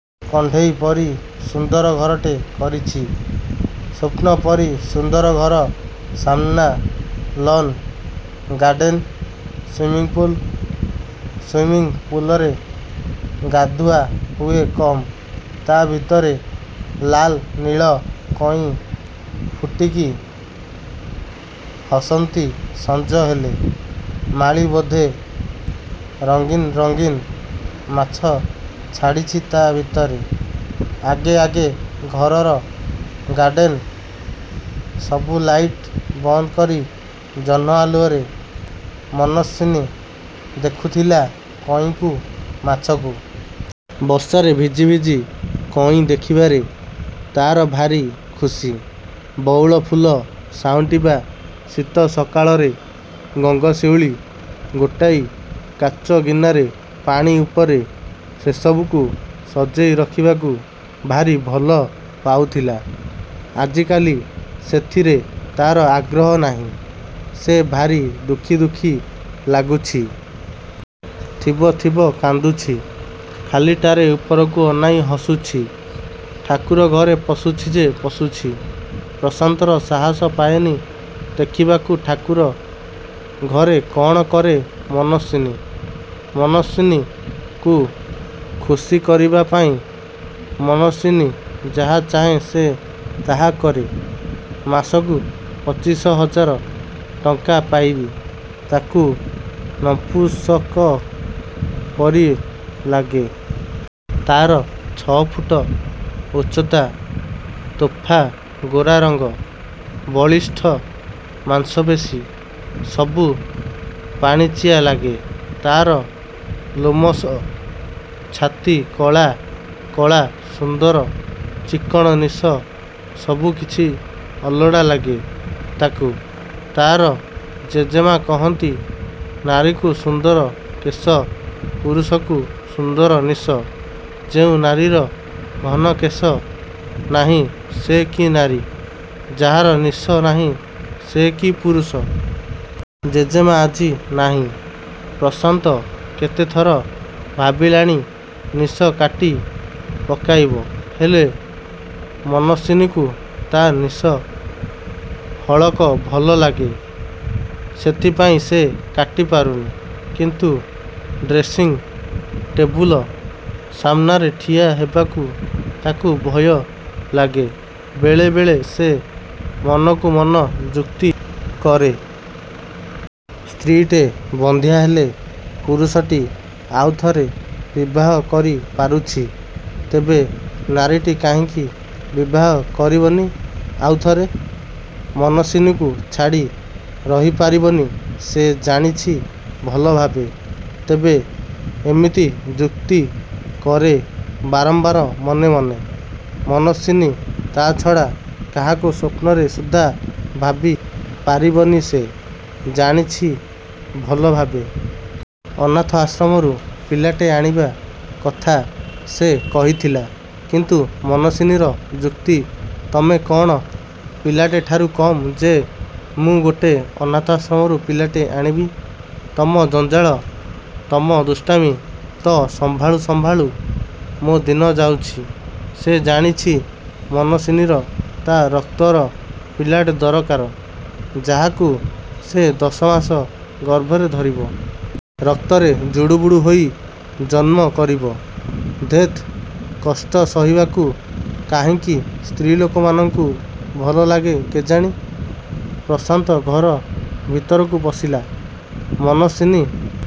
କଣ୍ଢେଇ ପରି ସୁନ୍ଦର ଘରଟେ କରିଛି। ସ୍ୱପ୍ନ ପରି ସୁନ୍ଦର ଘର ସାମ୍ନା ଲନ୍, ଗାର୍ଡେନ୍, ସୁଇମିଂପୁଲ। ସୁଇମିଂ ପୁଲରେ ଗାଧୁଆ ହୁଏ କମ୍, ତା' ଭିତରେ ଲାଲ୍ ନୀଳ କଇଁ ଫୁଟିକି ହସନ୍ତି ସଂଜ ହେଲେ। ମାଳି ବୋଧେ ରଂଗୀନ ରଂଗୀନ ମାଛ ଛାଡ଼ିଛି ତା' ଭିତରେ, ଆଗେ ଆଗେ ଘରର, ଗାର୍ଡେନ୍ର ସବୁଲାଇଟ୍ ବନ୍ଦ କରି ଜହ୍ନ ଆଲୁଅରେ ମନସ୍ୱିନୀ ଦେଖୁଥିଲା କଇଁକୁ, ମାଛକୁ। ବର୍ଷାରେ ଭିଜି ଭିଜି କଇଁ ଦେଖିବାରେ ତା'ର ଭାରି ଖୁସି। ବଉଳ ଫୁଲ ସାଉଁଟିବା, ଶୀତ ସକାଳରେ ଗଙ୍ଗଶିଉଳି ଗୋଟାଇ କାଚ ଗିନାରେ ପାଣି ଉପରେ ସେସବୁକୁ ସଜେଇ ରଖିବାକୁ ଭାରି ଭଲ ପାଉଥିଲା। ଆଜିକାଲି ସେଥିରେ ତା'ର ଆଗ୍ରହ ନାହିଁ। ସେ ଭାରି ଦୁଃଖି ଦୁଃଖି ଲାଗୁଛି। ଥିବ ଥିବ କାନ୍ଦୁଛି। ଖାଲିଟାରେ ଉପରକୁ ଅନାଇ ବସୁଛି। ଠାକୁର ଘରେ ପଶୁଛି ଯେ ପଶୁଛି। ପ୍ରଶାନ୍ତର ସାହସ ପାଏନି ଦେଖିବାକୁ ଠାକୁର ଘରେ କ'ଣ କରେ ମନସ୍ୱିନୀ। ମନସ୍ୱିନୀକୁ ଖୁସି କରାଇବା ପାଇଁ, ମନସ୍ୱିନୀ ଯାହା ଚାହେଁ ସେ ତାହା କରେ। ମାସକୁ ପଚିଶ ହଜାର ଟଙ୍କା ପାଇବି ତାକୁ ନଂପୁସକ ପରି ଲାଗେ। ତା'ର ଛ'ଫୁଟ ଉଚ୍ଚତା, ତୋଫା ଗୋରା ରଙ୍ଗ, ବଳିଷ୍ଠ ମାଂସପେଶୀ ସବୁ ପାଣିଚିଆ ଲାଗେ। ତା'ର ଲୋମଶ ଛାତି, କଳା, କଳା ସୁନ୍ଦର ଚିକ୍କଣ ନିଶ ସବୁକିଛି ଅଲୋଡ଼ା ଲାଗେ ତାକୁ। ତା'ର ଜେଜେମା' କହନ୍ତି,''ନାରୀକୁ ସୁନ୍ଦର କେଶ, ପୁରୁଷକୁ ସୁନ୍ଦର ନିଶ। ଯେଉଁ ନାରୀର ଘନ କେଶ ନାହିଁ ସେ କି ନାରୀ, ଯାହାର ନିଶ ନାହିଁ, ସେ କି ପୁରୁଷ। '' ଜେଜେମା' ଆଜି ନାହିଁ। ପ୍ରଶାନ୍ତ କେତେଥର ଭାବିଲାଣି ନିଶ କାଟି ପକାଇବ, ହେଲେ ମନସ୍ୱିନୀକୁ ତା' ନିଶ ହଳକ ଭଲ ଲାଗେ, ସେଥିପାଇଁ ସେ କାଟିପାରୁନି। କିନ୍ତୁ ଡ୍ରେସିଂ ଟେବୁଲ ସାମ୍ନାରେ ଠିଆ ହେବାକୁ ତାକୁ ଭୟ ଲାଗେ। ବେଳେ ବେଳେ ସେ ମନକୁ ମନ ଯୁକ୍ତି କରେ। ସ୍ତ୍ରୀଟେ ବନ୍ଧ୍ୟା ହେଲେ ପୁରୁଷଟି ଆଉଥରେ ବିବାହ କରିପାରୁଛି, ତେବେ ନାରୀଟି କାହିଁକି ବିବାହ କରିବନି ଆଉଥରେ। ମନସ୍ୱିନୀକୁ ଛାଡ଼ି ରହିପାରିବନି ସେ ଜାଣିଛି ଭଲଭାବେ, ତେବେ ଏମିତି ଯୁକ୍ତି କରେ ବାରମ୍ବାର ମନେ ମନେ। ମନସ୍ୱିନୀ ତା' ଛଡ଼ା କାହାକୁ ସ୍ୱପ୍ନରେ ସୁଦ୍ଧା ଭାବିପାରିବନି ସେ ଜାଣିଛି ଭଲଭାବେ। ଅନାଥାଶ୍ରମରୁ ପିଲାଟେ ଆଣିବା କଥା ସେ କହିଥିଲା, କିନ୍ତୁ ମନସ୍ୱିନୀର ଯୁକ୍ତି, ''ତମେ କ'ଣ ପିଲାଟେଠାରୁ କମ୍ ଯେ ମୁଁ ଗୋଟେ ଅନାଥଶ୍ରମରୁ ପିଲାଟେ ଆଣିବି। ତମ ଜଂଜାଳ, ତମ ଦୁଷ୍ଟାମୀ ତ ସମ୍ଭାଳୁ ସମ୍ଭାଳୁ ମୋ ଦିନ ଯାଉଛି। '' ସେ ଜାଣିଛି ମନସ୍ୱିନୀର ତା' ରକ୍ତର ପିଲାଟେ ଦରକାର, ଯାହାକୁ ସେ ଦଶମାସ ଗର୍ଭରେ ଧରିବ। ରକ୍ତରେ ଜୁଡ଼ୁବୁଡ଼ୁ ହୋଇ ଜନ୍ମ କରିବ। ଧେତ୍ କଷ୍ଟ ସହିବାକୁ କାହିଁକି ସ୍ତ୍ରୀଲୋକମାନଙ୍କୁ ଭଲ ଲାଗେ କେଜାଣି? ପ୍ରଶାନ୍ତ ଘର ଭିତରକୁ ପଶିଲା, ମନସ୍ୱିନୀ